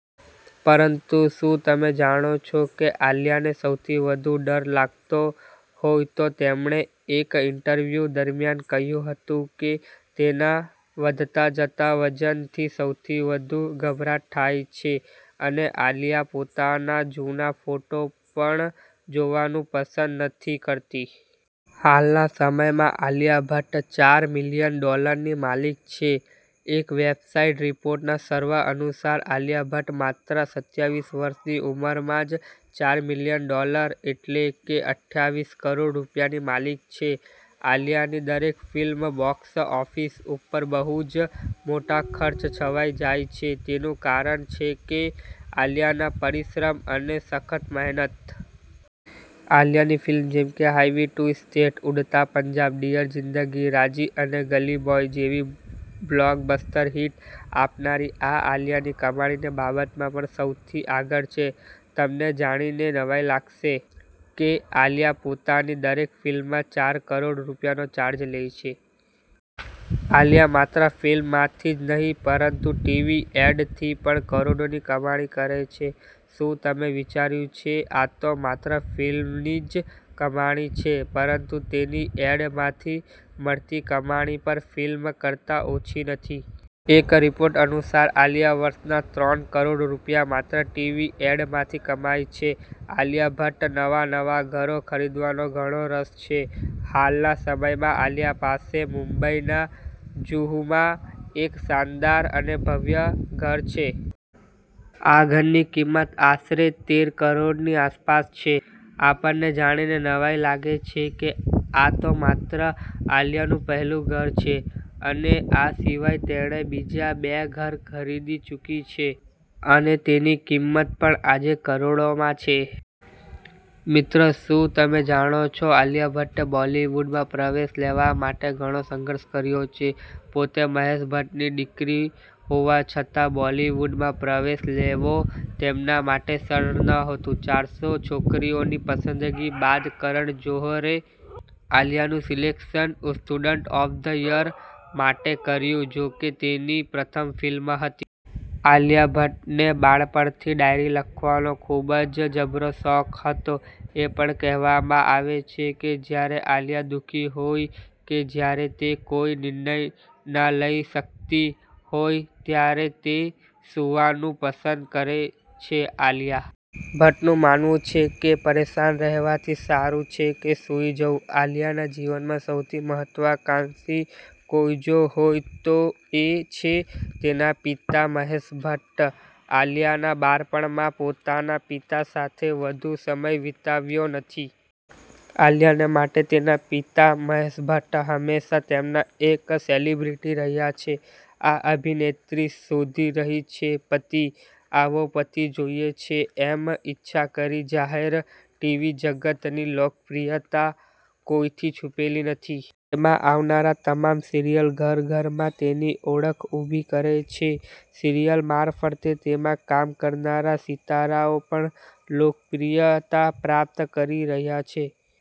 પરંતુ શું તમે જાણો છો કે આલિયાને સૌથી વધુ ડર લાગતો હોય તો તેમણે એક ઇન્ટરવ્યૂ દરમિયાન કહ્યું હતું કે તેના વધતા જતા વજનથી સૌથી વધુ ગભરાટ થાય છે. અને આલિયા પોતાના જુના ફોટો પણ જોવાનું પસંદ નથી કરતી. હાલના સમયમાં આલિયા ભટ્ટ ચાર મિલિયન ડોલરની માલિક છે. એક વેબસાઈટ રિપોર્ટના સર્વ અનુસાર આલિયા ભટ્ટ માત્ર સત્યાવીસ વર્ષની ઉંમરમાં જ ચાર મિલિયન ડોલર એટલે કે અઠ્યાવીસ કરોડ રૂપિયાની માલિક છે. આલિયાની દરેક ફિલ્મ બોક્સ ઓફિસ ઉપર બહુ જ મોટા ખર્ચ છવાઈ જાય છે તેનું કારણ છે કે આલિયાના પરિશ્રમ અને સખત મહેનત. આલિયાની ફિલ્મ જેમકે highway, two state, Udta Punjab, dear Zindagi, Raazi અને ગલી બોય જેવી બ્લોક બસ્ટર હિટ આપનારી આ આલિયાની કમાણીની બાબતમાં પણ સૌથી આગળ છે. તમને જાણીને નવાઈ લાગશે કે આલિયા પોતાની દરેક ફિલ્મમાં ચાર કરોડ રૂપિયાનો ચાર્જ લેય છે. આલિયા માત્ર ફિલ્મ માંથી જ નહિ પરંતુ ટીવી એડ થી પણ કરોડોની કમાણી કરે છે. શું તમે વિચાર્યું છે આતો માત્ર ફિલ્મની જ કમાણી છે પરંતુ તેની એડ માંથી મળતી કમાણી પણ ફિલ્મ કરતા ઓછી નથી. એક રિપોર્ટ અનુસાર આલિયા વર્ષના ત્રણ કરોડ રૂપિયા માત્ર ટીવી એડ માંથી કમાય છે. આલિયા ભટ્ટ નવા નવા ઘરો ખરીદવાનો ઘણો રસ છે. હાલના સમયમાં આલિયા પાસે મુંબઈના જુહુમાં એક શાનદાર અને ભવ્ય ઘર છે. આ ઘરની કિંમત આશરે તેર કરોડની આસપાસ છે. આપણને જાણીને નવાઈ લાગે છે કે આ તો માત્ર આલિયા નું પહેલું ઘર છે અને આ સિવાય તેણે બીજા બે ઘર ખરીદી ચૂકી છે અને તેની કિંમત પણ આજે કરોડોમાં છે. મિત્ર શું તમે જાણો છો? આલિયા ભટ્ટે બોલિવૂડમાં પ્રવેશ લેવા માટે ઘણો સંઘર્ષ કર્યો છે. પોતે મહેશ ભટ્ટની દીકરી હોવા છતાં બોલિવૂડમાં પ્રવેશ લેવો તેમના માટે સરળ નહોતું ચારસો છોકરીઓની પસંદ બાદ કરણ જોહરે આલિયાનું સિલેક્શન 'સ્ટુડન્ટ ઓફ ધ યર'માટે કર્યું જોકે તેની પ્રથમ ફિલ્મ હતી. આલિયા ભટ્ટ ને બાળપણથી ડાયરી લખવાનો ખૂબ જ જબરો શોખ હતો. એ પણ કહેવામાં આવે છે કે જ્યારે આલિયા દુઃખી હોય કે જ્યારે તે કોઈ નિર્ણય ના લઈ શક્તિ હોય ત્યારે તે સૂવાનું પસંદ કરે છે .આલિયા ભટ્ટ નું માનવું છે કે પરેશાન રહેવાથી સારું છે કે સુઈ જવું. આલિયાના જીવનમાં સૌથી મહત્વકાંક્ષી કોઈ જો હોય તો એ છે તેના પિતા મહેશ ભટ્ટ. આલિયાના બાળપણમાં પોતાના પિતા સાથે વધુ સમય વિતાવ્યો નથી. આલિયા ને માટે તેના પિતા મહેશ ભટ્ટ હંમેશા તેમના એક સેલિબ્રિટી રહ્યા છે. આ અભિનેત્રી શોધી રહી છે પતિ, આવો પતિ જોઈએ છે એમ ઈચ્છા કરી જાહેર ટીવી જગત ની લોકપ્રિયતા કોઈ થી છુપેલી નથી. તેમાં આવનારા તમામ સિરિયલ ઘર ઘર માં તેની ઓળખ ઉભી કરે છે. સિરિયલ મારફતે તેમાં કામ કરનારા સિતારાઓ પણ લોકપ્રિયતા પ્રાપ્ત કરી રહ્યા છે.